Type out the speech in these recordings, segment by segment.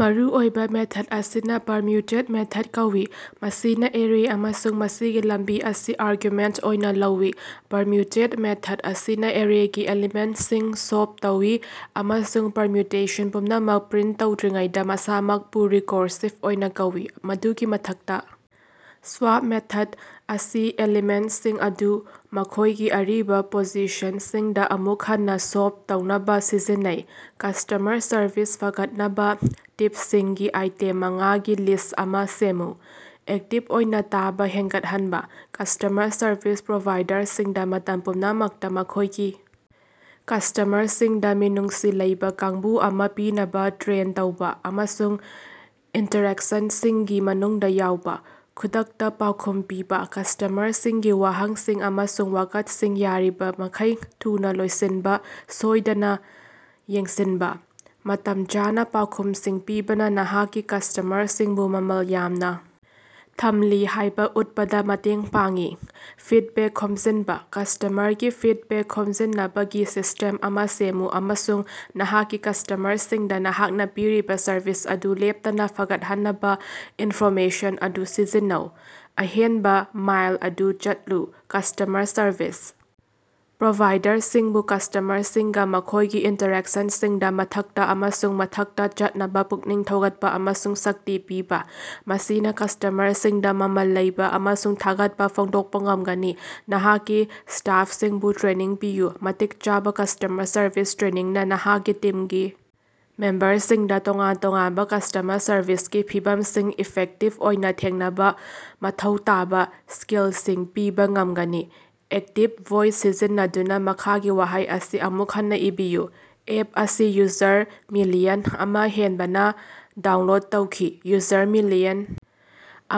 ꯃꯔꯨꯑꯣꯏꯕ ꯃꯦꯊꯗ ꯑꯁꯤꯅ permutate method ꯀꯧꯏ, ꯃꯁꯤꯅ ꯑꯦꯔꯦ ꯑꯃꯁꯨꯡ ꯃꯁꯤꯒꯤ ꯂꯝꯕꯤ ꯑꯁꯤ ꯑꯥꯔꯒꯨꯃꯦꯟꯇ ꯑꯣꯏꯅ ꯂꯧꯏ꯫ ꯄꯔꯃ꯭ꯌꯨꯇꯦꯠ ꯃꯦꯊꯗ ꯑꯁꯤꯅ ꯑꯦꯔꯦꯒꯤ ꯑꯦꯂꯤꯃꯦꯟꯇꯁꯤꯡ ꯁꯣꯞ ꯇꯧꯏ ꯑꯃꯁꯨꯡ ꯄꯔꯃ꯭ꯌꯨꯇꯦꯁꯟ ꯄꯨꯝꯅꯃꯛ ꯄ꯭ꯔꯤꯟꯇ ꯇꯧꯗ꯭ꯔꯤꯉꯩꯗ ꯃꯁꯥꯃꯛꯄꯨ ꯔꯤꯀꯣꯔꯁꯤꯕ ꯑꯣꯏꯅ ꯀꯧꯏ꯫ ꯃꯗꯨꯒꯤ ꯃꯊꯛꯗ ꯁ꯭ꯕ꯭ꯌꯥꯞ ꯃꯦꯊꯗ ꯑꯁꯤ ꯑꯦꯂꯤꯃꯦꯟꯇꯁꯤꯡ ꯑꯗꯨ ꯃꯈꯣꯏꯒꯤ ꯑꯔꯤꯕ ꯄꯣꯖꯤꯁꯟꯁꯤꯡꯗ ꯑꯃꯨꯛ ꯍꯟꯅꯥ ꯁꯣꯞ ꯇꯧꯅꯕꯥ ꯁꯤꯖꯤꯟꯅꯩ꯫ ꯀꯁ꯭ꯇꯃꯔ ꯁꯔꯚꯤꯁ ꯐꯒꯠꯅꯕ ꯇꯤꯞꯁꯤꯡꯒꯤ ꯑꯥꯏꯇꯦꯝ ꯃꯉꯥꯒꯤ ꯂꯤꯁ꯭ꯠ ꯑꯃ ꯁꯦꯝꯃꯨ꯫ ꯑꯦꯛꯇꯤꯕ ꯑꯣꯏꯅ ꯇꯥꯕ ꯍꯦꯟꯒꯠꯍꯟꯕ - ꯀꯁ꯭ꯇꯃꯔ ꯁꯔꯚꯤꯁ ꯄ꯭ꯔꯣꯚꯥꯏꯗꯔꯁꯤꯡꯗ ꯃꯇꯝ ꯄꯨꯝꯅꯃꯛꯇ ꯃꯈꯣꯏꯒꯤ ꯀꯁ꯭ꯇꯃꯔꯁꯤꯡꯗ ꯃꯤꯅꯨꯡꯁꯤ ꯂꯩꯕ ꯀꯥꯡꯕꯨ ꯑꯃ ꯄꯤꯅꯕꯥ ꯇ꯭ꯔꯦꯟ ꯇꯧꯕ, ꯑꯃꯁꯨꯡ ꯏꯟꯇꯔꯦꯛꯁꯟꯁꯤꯡꯒꯤ ꯃꯅꯨꯡꯗ ꯌꯥꯎꯕ꯫ ꯈꯨꯗꯛꯇ ꯄꯥꯎꯈꯨꯝ ꯄꯤꯕꯥ - ꯀꯁ꯭ꯇꯃꯔꯁꯤꯡꯒꯤ ꯋꯥꯍꯪꯁꯤꯡ ꯑꯃꯁꯨꯡ ꯋꯥꯀꯠꯁꯤꯡ ꯌꯥꯔꯤꯕꯃꯈꯩ ꯊꯨꯅ ꯂꯣꯏꯁꯤꯟꯕ ꯁꯣꯏꯗꯅ ꯌꯦꯡꯁꯤꯟꯕ꯫ ꯃꯇꯝ ꯆꯥꯅ ꯄꯥꯎꯈꯨꯝꯁꯤꯡ ꯄꯤꯕꯅ ꯅꯍꯥꯛꯀꯤ ꯀꯁ꯭ꯇꯃꯔꯁꯤꯡꯕꯨ ꯃꯃꯜ ꯌꯥꯝꯅ ꯊꯝꯂꯤ ꯍꯥꯏꯕ ꯎꯠꯄꯗ ꯃꯇꯦꯡ ꯄꯥꯡꯏ꯫ ꯐꯤꯗꯕꯦꯛ ꯈꯣꯝꯖꯤꯟꯕ - ꯀꯁ꯭ꯇꯃꯔꯒꯤ ꯐꯤꯗꯕꯦꯛ ꯈꯣꯝꯖꯤꯟꯅꯕꯒꯤ ꯁꯤꯁꯇꯦꯝ ꯑꯃ ꯁꯦꯝꯃꯨ ꯑꯃꯁꯨꯡ ꯅꯍꯥꯛꯀꯤ ꯀꯁ꯭ꯇꯃꯔꯁꯤꯡꯗ ꯅꯍꯥꯛꯅ ꯄꯤꯔꯤꯕ ꯁꯔꯚꯤꯁ ꯑꯗꯨ ꯂꯦꯞꯇꯅꯥ ꯐꯒꯠꯍꯟꯅꯕ ꯏꯟꯐꯣꯔꯃꯦꯁꯟ ꯑꯗꯨ ꯁꯤꯖꯤꯟꯅꯧ꯫ ꯑꯍꯦꯟꯕ ꯃꯥꯏꯜ ꯑꯗꯨ ꯆꯠꯂꯨ - ꯀꯁ꯭ꯇꯃꯔ ꯁꯔꯚꯤꯁ ꯄ꯭ꯔꯣꯚꯥꯏꯗꯔꯁꯤꯡꯕꯨ ꯀꯁ꯭ꯇꯃꯔꯁꯤꯡꯒ ꯃꯈꯣꯏꯒꯤ ꯏꯟꯇꯔꯦꯛꯁꯟꯁꯤꯡꯗ ꯃꯊꯛꯇ ꯑꯃꯁꯨꯡ ꯃꯊꯛꯇ ꯆꯠꯅꯕ ꯄꯨꯛꯅꯤꯡ ꯊꯧꯒꯠꯄ ꯑꯃꯁꯨꯡ ꯁꯛꯇꯤ ꯄꯤꯕꯥ, ꯃꯁꯤꯅ ꯀꯁ꯭ꯇꯃꯔꯁꯤꯡꯗ ꯃꯃꯜ ꯂꯩꯕ ꯑꯃꯁꯨꯡ ꯊꯥꯒꯠꯄ ꯐꯣꯡꯗꯣꯛꯄ ꯉꯝꯒꯅꯤ꯫ ꯅꯍꯥꯛꯀꯤ ꯁ꯭ꯇꯥꯐꯁꯤꯡꯕꯨ ꯇ꯭ꯔꯦꯅꯤꯡ ꯄꯤꯌꯨ - ꯃꯇꯤꯛ ꯆꯥꯕ ꯀꯁ꯭ꯇꯃꯔ ꯁꯔꯚꯤꯁ ꯇ꯭ꯔꯦꯅꯤꯡꯅ ꯅꯍꯥꯛꯀꯤ ꯇꯤꯝꯒꯤ ꯃꯦꯝꯕꯔꯁꯤꯡꯗ ꯇꯣꯉꯥꯟ-ꯇꯣꯉꯥꯟꯕ ꯀꯁ꯭ꯇꯃꯔ ꯁꯔꯚꯤꯁꯀꯤ ꯐꯤꯚꯝꯁꯤꯡ ꯏꯐꯦꯛꯇꯤꯕ ꯑꯣꯏꯅ ꯊꯦꯡꯅꯕ ꯃꯊꯧ ꯇꯥꯕ ꯁ꯭ꯀꯤꯜꯁꯤꯡ ꯄꯤꯕ ꯉꯝꯒꯅꯤ꯫ ꯑꯦꯛꯇꯤꯕ ꯚꯣꯏꯁ ꯁꯤꯖꯤꯟꯅꯗꯨꯅ ꯃꯈꯥꯒꯤ ꯋꯥꯍꯩ ꯑꯁꯤ ꯑꯃꯨꯛ ꯍꯟꯅꯥ ꯏꯕꯤꯌꯨ - ꯑꯦꯞ ꯑꯁꯤ ꯌꯨꯖꯔ ꯃꯤꯂꯤꯌꯟ ꯑꯃ ꯍꯦꯟꯕꯅ ꯗꯥꯎꯟꯂꯣꯗ ꯇꯧꯈꯤ꯫ ꯌꯨꯖꯔ ꯃꯤꯂꯤꯌꯟ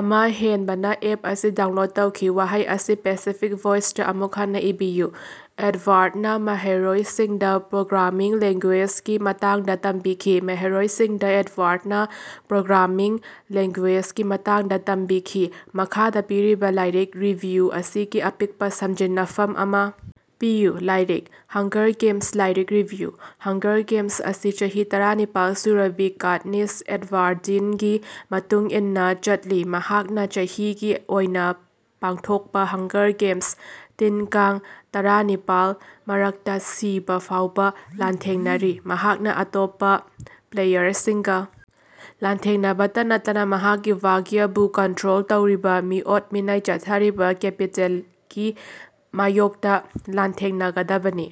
ꯑꯃ ꯍꯦꯟꯕꯅ ꯑꯦꯞ ꯑꯁꯤ ꯗꯥꯎꯟꯂꯣꯗ ꯇꯧꯈꯤ꯫ ꯋꯥꯍꯩ ꯑꯁꯤ ꯄꯦꯁꯤꯐꯤꯛ ꯚꯣꯏꯁꯇꯥ ꯑꯃꯨꯛ ꯍꯟꯅ ꯏꯕꯤꯌꯨ -ꯑꯦꯗꯕꯥꯔꯗꯅꯥ ꯃꯍꯩꯔꯣꯏꯁꯤꯡꯗ ꯄ꯭ꯔꯣꯒ꯭ꯔꯥꯃꯤꯡ ꯂꯦꯡꯒꯨꯌꯦꯖꯒꯤ ꯃꯇꯥꯡꯗ ꯇꯝꯕꯤꯈꯤ꯫ ꯃꯍꯩꯔꯣꯏꯁꯤꯡꯗ ꯑꯦꯗꯕꯥꯔꯗꯅꯥ ꯄ꯭ꯔꯣꯒ꯭ꯔꯥꯃꯤꯡ ꯂꯦꯡꯒꯨꯌꯦꯖꯒꯤ ꯃꯇꯥꯡꯗ ꯇꯝꯕꯤꯈꯤ꯫ ꯃꯈꯥꯗ ꯄꯤꯔꯤꯕ ꯂꯥꯏꯔꯤꯛ ꯔꯤꯚꯤꯌꯨ ꯑꯁꯤꯒꯤ ꯑꯄꯤꯛꯄ ꯁꯝꯖꯤꯟꯅꯐꯝ ꯑꯃ ꯄꯤꯌꯨ꯫ ꯂꯥꯏꯔꯤꯛ -ꯍꯪꯒꯔ ꯒꯦꯃꯁ ꯂꯥꯏꯔꯤꯛ ꯔꯤꯚꯤꯌꯨ - ꯍꯪꯒꯔ ꯒꯦꯃꯁ ꯑꯁꯤ ꯆꯍꯤ ꯇꯔꯥꯅꯤꯄꯥꯜ ꯁꯨꯔꯕꯤ ꯀꯥꯠꯅꯤꯁ ꯑꯦꯚꯥꯔꯗꯤꯟꯒꯤ ꯃꯇꯨꯡ ꯏꯟꯅꯥ ꯆꯠꯂꯤ, ꯃꯍꯥꯛꯅ ꯆꯍꯤꯒꯤ ꯑꯣꯏꯅ ꯄꯥꯡꯊꯣꯛꯄ ꯍꯪꯒꯔ ꯒꯦꯃꯁ, ꯇꯤꯟ-ꯀꯥꯡ ꯇꯔꯥꯅꯤꯄꯥꯜꯒꯤ ꯃꯔꯛꯇ ꯁꯤꯕꯥ ꯐꯥꯎꯕ ꯂꯥꯟꯊꯦꯡꯅꯔꯤ꯫ ꯃꯍꯥꯛꯅ ꯑꯇꯣꯞꯄ ꯄ꯭ꯂꯦꯌꯔꯁꯤꯡꯒ ꯂꯥꯟꯊꯦꯡꯅꯕꯇꯥ ꯅꯠꯇꯅ ꯃꯍꯥꯛꯀꯤ ꯚꯥꯒ꯭ꯌꯕꯨ ꯀꯟꯇ꯭ꯔꯣꯜ ꯇꯧꯔꯤꯕ ꯃꯤꯑꯣꯠ-ꯃꯤꯅꯩ ꯆꯠꯊꯔꯤꯕ‌ ꯀꯦꯄꯤꯇꯦꯜꯒꯤ ꯃꯥꯌꯣꯛꯇ ꯂꯥꯟꯊꯦꯡꯅꯒꯗꯕꯅꯤ꯫